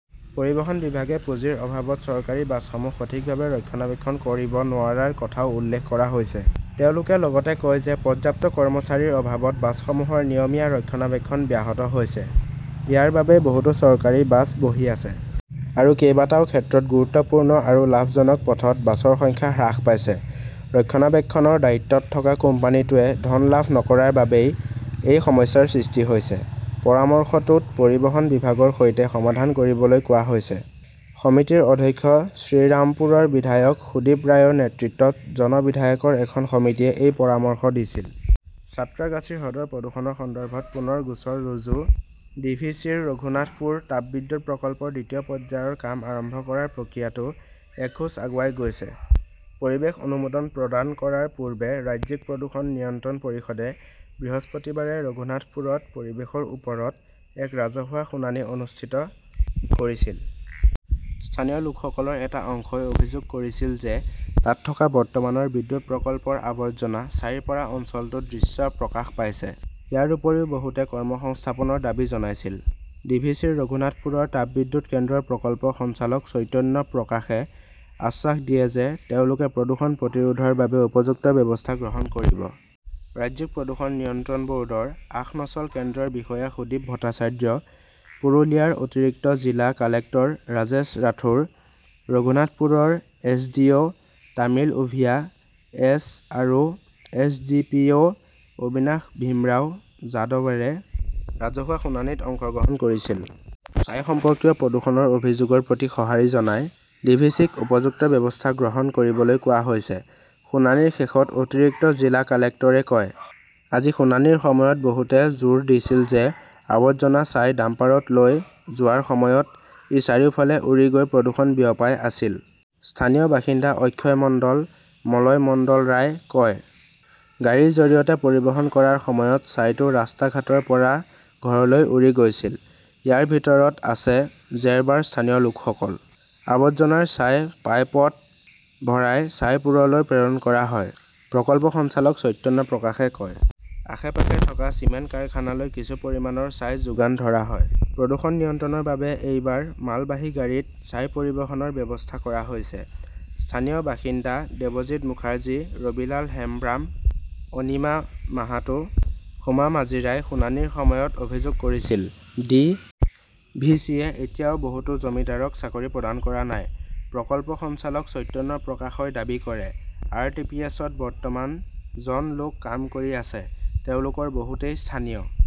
পৰিবহণ বিভাগে পুঁজিৰ অভাৱত চৰকাৰী বাছসমূহ সঠিকভাৱে ৰক্ষণাবেক্ষণ কৰিব নোৱাৰাৰ কথাও উল্লেখ কৰা হৈছে। তেওঁলোকে লগতে কয় যে পৰ্যাপ্ত কৰ্মচাৰীৰ অভাৱত বাছসমূহৰ নিয়মীয়া ৰক্ষণাবেক্ষণ ব্যাহত হৈছে। ইয়াৰ বাবেই বহুতো চৰকাৰী বাছ বহি আছে। আৰু কেইবাটাও ক্ষেত্ৰত গুৰুত্বপূৰ্ণ আৰু লাভজনক পথত বাছৰ সংখ্যা হ্ৰাস পাইছে। ৰক্ষণাবেক্ষণৰ দায়িত্বত থকা কোম্পানীটোৱে ধন লাভ নকৰাৰ বাবেই এই সমস্যাৰ সৃষ্টি হৈছে। পৰামৰ্শটোত পৰিবহণ বিভাগৰ সৈতে সমাধান কৰিবলৈ কোৱা হৈছে। সমিতিৰ অধ্যক্ষ শ্ৰীৰামপুৰৰ বিধায়ক সুদীপ ৰায়ৰ নেতৃত্বত জন বিধায়কৰ এখন সমিতিয়ে এই পৰামৰ্শ দিছিল। সাঁত্ৰাগাছী হ্ৰদৰ প্ৰদূষণৰ সন্দৰ্ভত পুনৰ গোচৰ ৰুজু ডি. ভি. চি. -ৰ ৰঘুনাথপুৰ তাপবিদ্যুৎ প্ৰকল্পৰ দ্বিতীয় পৰ্যায়ৰ কাম আৰম্ভ কৰাৰ প্ৰক্ৰিয়াটো এক খোজ আগুৱাই গৈছে। পৰিৱেশ অনুমোদন প্ৰদান কৰাৰ পূৰ্বে ৰাজ্যিক প্ৰদূষণ নিয়ন্ত্ৰণ পৰিষদে বৃহস্পতিবাৰে ৰঘুনাথপুৰত পৰিৱেশৰ ওপৰত এক ৰাজহুৱা শুনানি অনুষ্ঠিত কৰিছিল। স্থানীয় লোকসকলৰ এটা অংশই অভিযোগ কৰিছিল যে তাত থকা বৰ্তমানৰ বিদ্যুৎ প্ৰকল্পৰ আৱৰ্জনা ছাইৰ পৰা অঞ্চলটোত দৃশ্য প্ৰকাশ পাইছে। ইয়াৰ উপৰিও বহুতে কৰ্মসংস্থাপনৰ দাবী জনাইছিল। ডি. ভি. চি. -ৰ ৰঘুনাথপুৰৰ তাপবিদ্যুৎ কেন্দ্ৰৰ প্ৰকল্প সঞ্চালক চৈতন্য প্ৰকাশে আশ্বাস দিয়ে যে তেওঁলোকে প্ৰদূষণ প্ৰতিৰোধৰ বাবে উপযুক্ত ব্যৱস্থা গ্ৰহণ কৰিব। ৰাজ্যিক প্ৰদূষণ নিয়ন্ত্ৰণ ব "ৰ্ডৰ আসনছ" ল কেন্দ্ৰৰ বিষয়া সুদীপ ভট্টাচাৰ্য, পুৰুলিয়াৰ অতিৰিক্ত জিলা কালেক্টৰ ৰাজেশ ৰাথোৰ, ৰঘুনাথপুৰৰ S. D. O ". Tamil Oviya S. আৰু S. D. P. O". Avinash Bhimrao যাদৱাৰে ৰাজহুৱা শুনানিত অংশগ্ৰহণ কৰিছিল। "ছাই সম্পৰ্কীয় প্ৰদূষণৰ অভিযোগৰ প্ৰতি সঁহাৰি জনাই ডি. ভি. চি. ক উপযুক্ত ব্যৱস্থা গ্ৰহণ কৰিবলৈ কোৱা হৈছে", শুনানিৰ শেষত অতিৰিক্ত জিলা কালেক্টৰে কয়। "আজি শুনানিৰ সময়ত বহুতে জোৰ দিছিল যে আৱৰ্জনা ছাই ডাম্পাৰত লৈ যোৱাৰ সময়ত ই চাৰিওফালে উৰি গৈ প্ৰদূষণ বিয়পাই আছিল। স্থানীয় বাসিন্দা অক্ষয় মণ্ডল, মলয় মণ্ডলৰাই কয়, "গাড়ীৰ জৰিয়তে পৰিবহণ কৰাৰ সময়ত ছাইটো ৰাস্তা-ঘাটৰ পৰা ঘৰলৈ উৰি গৈছিল। ইয়াৰ ভিতৰত আছে জেৰবাৰ স্থানীয় লোকসকল। "আৱৰ্জনাৰ ছাই পাইপত ভৰাই ছাইপুৰলৈ প্ৰেৰণ কৰা হয়", প্ৰকল্প সঞ্চালক চৈতন্য প্ৰকাশে কয়। আশে-পাশে থকা চিমেণ্ট কাৰখানালৈ কিছু পৰিমাণৰ ছাই যোগান ধৰা হয়। প্ৰদূষণ নিয়ন্ত্ৰণৰ বাবে এইবাৰ মালবাহী গাড়ীত ছাই পৰিবহণৰ ব্যৱস্থা কৰা হৈছে। "স্থানীয় বাসিন্দা দেৱজিৎ মুখাৰ্জী, ৰবীলাল হেমব্ৰাম, অনিমা মাহাতো, সোমা মাজিৰাই শুনানিৰ সময়ত অভিযোগ কৰিছিল", ডি. ভি. চি. -য়ে এতিয়াও বহুতো জমিদাৰক চাকৰি প্ৰদান কৰা নাই। "প্ৰকল্প সঞ্চালক চৈতন্য প্ৰকাশই দাবী কৰে", আৰ. টি. পি. এছ. -ত বৰ্তমান জন লোক কাম কৰি আছে। তেওঁলোকৰ বহুতেই স্থানীয়